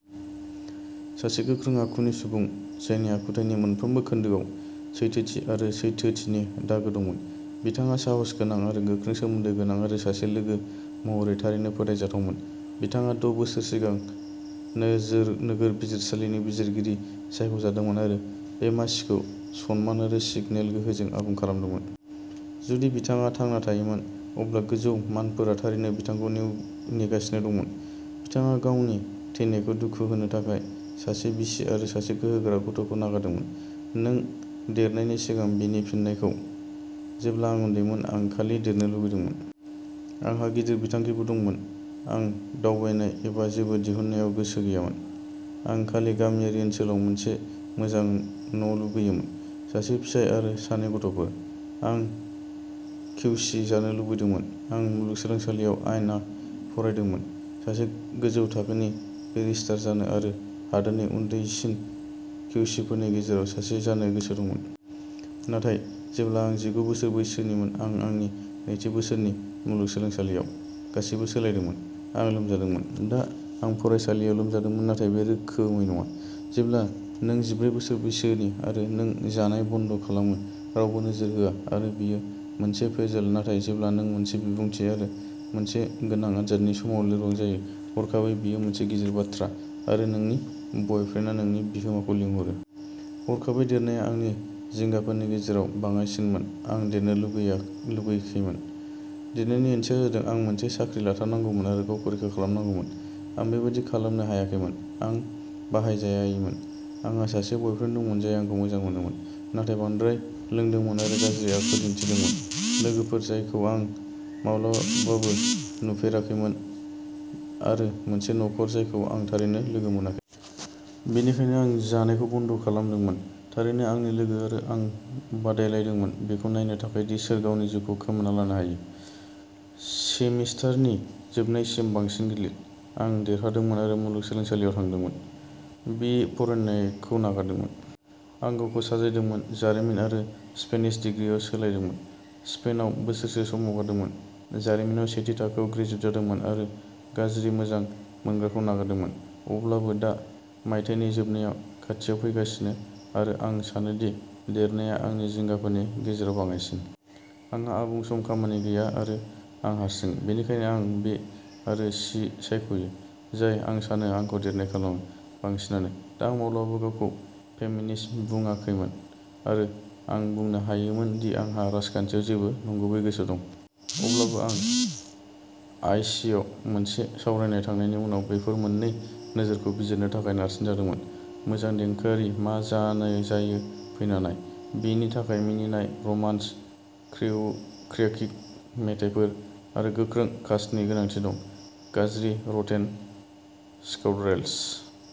सासे गोख्रों आखुनि सुबुं, जायनि आखुथायनि मोनफ्रोमबो खोन्दोआव सैथोथि आरो सैथोथिनि दागो दंमोन। बिथाङा साहसगोनां आरो गोख्रों सोमोन्दो गोनां आरो सासे लोगो महरै थारैनो फोथायजाथावमोन। बिथाङा द' बोसोर सिगां नोजोर नोगोर बिजिरसालिनि बिजिरगिरि सायख'जादोंमोन आरो बे मासिखौ सनमान आरो सिगनेल गोहोजों आबुं खालामदोंमोन। जुदि बिथाङा थांना थायोमोन, अब्ला गोजौ मानफोरा थारैनो बिथांखौ नेगासिनो दंमोन। बिथाङा गावनि थैनायखौ दुखु होनो थाखाय सासे बिसि आरो सासे गोहोगोरा गथ'खौ नागारदोंमोन। नों देरनायनि सिगां बेनि फिननायखौ। जेब्ला आं उन्दैमोन, आं खालि देरनो लुगैदोंमोन। आंहा गिदिर बिथांखिफोर दंमोन। आं दावबायनाय एबा जेबो दिहुननायाव गोसो गैयामोन, आं खालि गामियारि ओनसोलाव मोनसे मोजां न' लुगैयोमोन, सासे फिसाय आरो सानै गथ'फोर। आं किउसि जानो लुबैदोंमोन आं मुलुगसोलोंसालियाव आयेन फरायदोंमोन सासे गोजौ थाखोनि बेरिस्टार जानो आरो हादोरनि उन्दैसिन किउसिफोरनि गेजेराव सासे जानो गोसो दंमोन। नाथाय, जेब्ला आं जिगु बोसोर बैसोनिमोन आरो आंनि नैथि बोसोरनि मुलुगसोलोंसालियाव, गासैबो सोलायदोंमोन। आं लोमजादोंमोन। दा, आं फरायसालियाव लोमजादोंमोन नाथाय बे रोखोमै नङा। जेब्ला नों जिब्रै बोसोर बैसोनि आरो नों जानाय बन्द' खालामो, रावबो नोजोर होआ आरो बेयो मोनसे फेजल नाथाय जेब्ला नों मोनसे बिबुंथि आरो मोनसे गोनां आनजादनि समाव लोरबां जायो, हरखाबै बेयो मोनसे गिदिर बाथ्रा आरो नोंनि बयफ्रेन्डआ नोंनि बिहोमाखौ लिंहरो। हरखाबै देरनाया आंनि जिंगाफोरनि गेजेराव बाङाइसिनमोन आं देरनो लुगैाखैमोन। देरनायनि ओंथिया जादों आं मोनसे साख्रि लाथारनांगौमोन आरो गावखौ रैखा खालामनांगौमोन। आं बेबादि खालामनो हायाखैमोन, आं बाहायजायैमोन। आंहा सासे बयफ्रेन्ड दंमोन जाय आंखौ मोजां मोनोमोन, नाथाय बांद्राय लोंदोंमोन आरो गाज्रि आखु दिन्थिदोंमोन, लोगोफोर जायखौ आं माब्लाबाबो नुफेराखैमोन आरो मोनसे नखर जायखौ आं थारैनो लोगो मोनाखै। बेनिखायनो आं जानायखौ बन्द' खालामदोंमोन। थारैनो आंनि लोगो आरो आं बादायलायदोंमोन बेखौ नायनो थाखाय दि सोर गावनि जिउखौ खोमाना लानो हायो। सेमिस्टारनि जोबनायसिम बांसिन गिलिर। आं देरहादोंमोन आरो मुलुगसोलोंसालियाव थादोंमोन। बियो फरायनायखौ नागारदोंमोन। आं गावखौ साजायदोंमोन, जारिमिन आरो स्पेनिश दिग्रिआव सोलायदोंमोन, स्पेनआव बोसोरसे सम हगारदोंमोन, जारिमिनाव सेथि थाखोआव ग्रेजुवेट जादोंमोन आरो गाज्रि मोजां मोनग्राखौ नागारदोंमोन। अब्लाबो दा मायथाइनि जोबनाया खाथियाव फैगासिनो आरो आं सानोदि देरनाया आंनि जिंगाफोरनि गेजेराव बाङाइसिन। आंहा आबुं सम खामानि गैया आरो आं हारसिं। बेनिखायनो आं बि आरो सि सायख'यो। जाय, आं सानो, आंखौ देरनाय खालामो। बांसिनानो। दा आं अब्लाबो गावखौ फेमिनिस्ट बुंआखैमोन, आरो आं बुंनो हायामोन दि आंहा राजखान्थियाव जेबो नंगुबै गोसो दं। अब्लाबो आं आइसिएआव मोनसे सावरायनायाव थांनायनि उनाव बेफोर मोन्नै नोजोरखौ बिजिरनो थाखाय नारसिनजादोंमोन। मोजां देंखोआरि मा जानाय जायो फैना नाय। बेनि थाखाय मिनिनाय, रमान्स, क्रिय क्रियेकिक मेथाइफोर आरो गोख्रों कास्टनि गोनांथि दं। गाज्रि रटेन स्कीउन्ड्रेल्स।